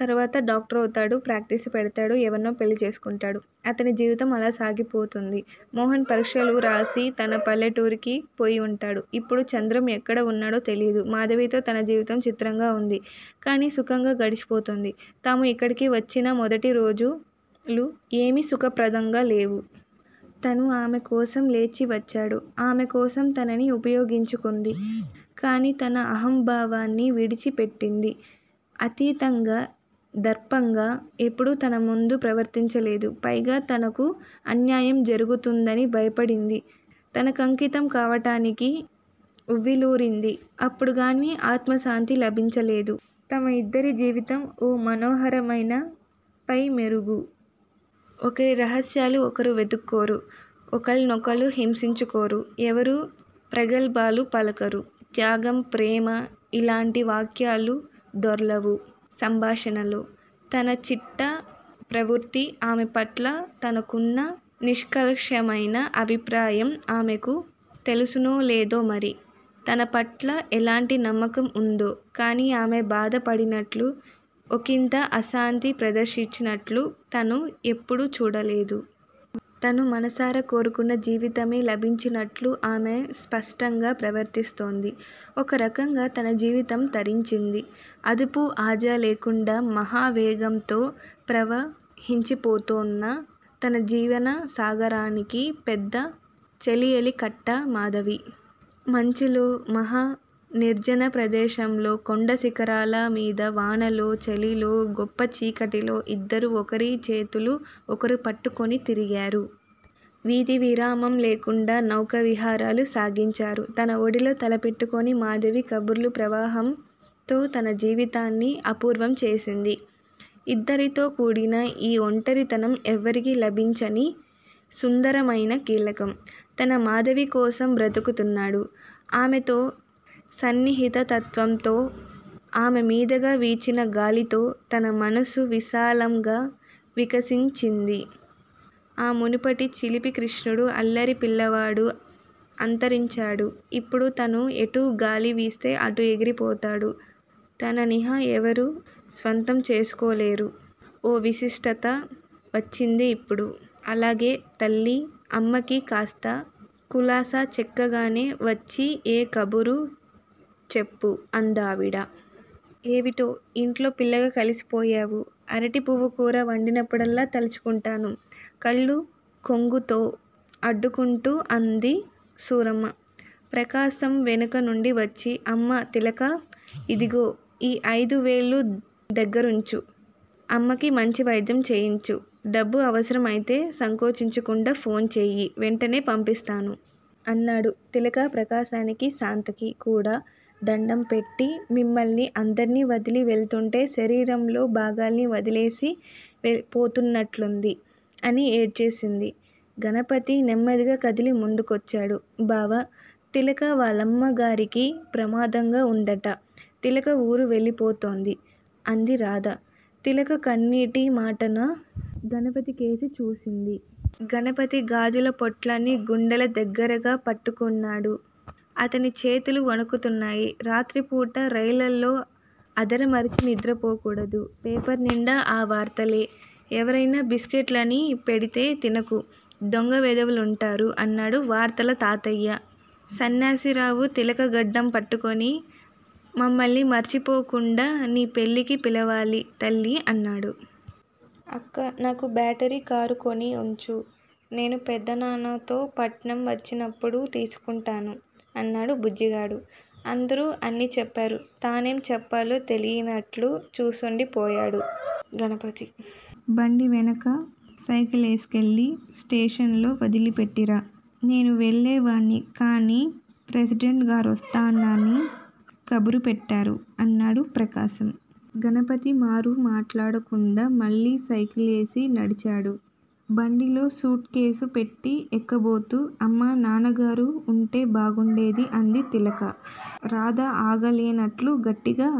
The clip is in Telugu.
తరువాత డాక్టరౌతాడు. ప్రాక్టీసు పెడతాడు. ఎవర్నో పెళ్ళి చేసుకుంటాడు. అతని జీవితం అలా సాగిపోతుంది. మోహన్ పరీక్షలు రాసి తన పల్లెటూరికి పోయివుంటాడు. ఇప్పుడు చంద్రం ఎక్కడ వున్నాడో తెలియదు. మాధవితో తన జీవితం చిత్రంగా వుంది. కానీ సుఖంగా గడిచిపోతోంది. తాము యిక్కడికి వచ్చిన మొదటి రోజులు ఏమీ సుఖప్రదంగా లేవు. తను ఆమె కోసం లేచి వచ్చాడు. ఆమె కోసం తనని ఉపయోగించుకుంది. కానీ తన అహంభావాన్ని విడిచి పెట్టింది. అతీతంగా, దర్పంగా ఎప్పుడూ తనముందు ప్రవర్తించలేదు. పైగా తనకు అన్యాయం జరుగుతుందని భయపడింది. తనకంకితం కావటానికి ఉవ్విళ్ళూరింది. అప్పుడుగాని ఆత్మశాంతి లభించలేదు. తమ యిద్దరి జీవితం ఓ మనోహరమైన పై మెరుగు. ఒకరి రహస్యాలు ఒకరు వెదుక్కోరు. ఒకళ్ళనొకళ్ళు హింసించుకోరు. ఎవరూ ప్రగల్భాలు పలకరు. త్యాగం, ప్రేమ యిలాంటి వాక్యాలు దొర్లవు సంభాషణలో తన చిట్టా ప్రవృత్తి, ఆమె పట్ల తనకున్న నిష్కల్మషమైన అభిప్రాయం ఆమెకు తెలుసునో లేదో మరి. తన పట్ల ఎలాంటి నమ్మకం ఉందో? కానీ ఆమె బాధ పడినట్లు, ఒకింత అశాంతి ప్రదర్శించినట్లు తను ఎప్పుడూ చూడలేదు. తను మనసారా కోరుకున్న జీవితమే లభించినట్లు ఆమె స్పష్టంగా ప్రవర్తిస్తోంది. ఒక రకంగా తన జీవితం తరించింది. అదుపూ, ఆజా లేకుండా మహావేగంతో ప్రవహించిపోతోన్న తన జీవన సాగరానికి పెద్ద చెలియలి కట్ట మాధవి. మంచులో, మహా నిర్జన ప్రదేశంలో, కొండ శిఖరాల మీద, వానలో, చలిలో, గొప్ప చీకటిలో యిద్దరూ ఒకరి చేతులు ఒకరు పట్టుకుని తిరిగారు. విధి విరామం లేకుండా నౌకా విహారాలు సాగించారు. తన ఒడిలో తల పెట్టుకుని మాధవి కబుర్ల ప్రవాహంతో తన జీవితాన్ని అపూర్వం చేసింది. ఇద్దరితో కూడిన ఈ ఒంటరితనం ఎవ్వరికీ లభించని సుందరమైన కీలకం. తను మాధవికోసం బ్రతుకుతున్నాడు. ఆమెతో సన్నిహితత్వంతో, ఆమె మీదగా వీచిన గాలితో తన మనస్సు విశాలంగా వికసించింది. ఆ మునుపటి చిలిపి కృష్ణుడు, అల్లరి పిల్లవాడు అంతరించాడు. ఇప్పుడు తను ఎటు గాలి వీస్తే అటు ఎగిరిపోడు. తననిహ ఎవరూ స్వంతం చేసుకోలేరు. ఓ విశిష్టత వచ్చింది యిప్పుడు. అలాగే తల్లీ! అమ్మకి కాస్త కులాసా చిక్కగానే వచ్చి ఏ కబురూ చెప్పు అందావిడ. ఏవిటో ఇంట్లో పిల్లగా కలిసిపోయావు. అరటి పువ్వు కూర వండినప్పుడల్లా తలుచుకుంటాను! కళ్ళు కొంగుతో అడ్డుకుంటూ అంది సూరమ్మ. ప్రకాశం వెనక నుండి వచ్చి, అమ్మా, తిలకా! ఇదిగో ఈ ఐదు వేలూ దగ్గరుంచు అమ్మకి మంచి వైద్యం చేయించు, డబ్బు అవసరం అయితే సంకోచించకుండా ఫోన్ చెయ్యి, వెంటనే పంపిస్తాను! అన్నాడు. తిలక ప్రకాశానికీ, శాంతకీ కూడా దండం పెట్టి మిమ్మల్ని అందర్నీ వదలి వెళుతుంటే శరీరంలో భాగాల్ని వదిలేసి పోతున్నట్లుంది! అని ఏడ్చేసింది. గణపతి నెమ్మదిగా కదిలి ముందుకొచ్చాడు. బావా! తిలకా వాళ్ళమ్మ గారికి ప్రమాదంగా ఉందిట. తిలక ఊరు వెళ్ళిపోతుంది! అంది రాధ. తిలక కన్నీటి మాటున గణపతికేసి చూసింది. గణపతి గాజుల పొట్లాన్ని గుండెల దగ్గరగా పట్టుకున్నాడు. అతని చేతులు వణుకుతున్నాయి. రాత్రి పూట రైళ్ళలలో ఆదమరచి నిద్రపోకూడదు. పేపర్ నిండా ఆ వార్తలే! ఎవరయినా బిస్కెట్లనీ పెడితే తినకు. దొంగ వెధవలుంటారు అన్నాడు వార్తల తాతయ్య. సన్యాసిరావు తిలక గడ్డం పట్టుకుని, మమ్మల్ని మరచిపోకుండా నీ పెళ్ళికి పిలవాలి తల్లీ అన్నాడు. అక్కా! నాకు బ్యాటరీ కారు కొని ఉంచు. నేను పెదనాన్నతో పట్నం వచ్చినప్పుడు తీసుకుంటాను! అన్నాడు బుజ్జిగాడు. అందరూ అన్నీ చెప్పారు. తనేం చెప్పాలో తెలియనట్లు చూస్తూండిపోయాడు. గణపతీ! బండివెనక సైకిలేసుకెళ్ళి స్టేషన్ లో వదిలిపెట్టిరా! నేను వెళ్ళే వాన్ని కాని ప్రెసిడెంట్ గారొస్తానని కబురు పెట్టారు అన్నాడు ప్రకాశం. గణపతి మారు మాట్లాడకుండా మళ్ళీ సైకిల్ కేసి నడిచాడు. బండిలో సూట్ కేస్ పెట్టి ఎక్కబోతూ, అమ్మా, నాన్నగారూ ఉంటే బాగుండేది అంది తిలక. రాధ ఆగలేనట్లు గట్టిగా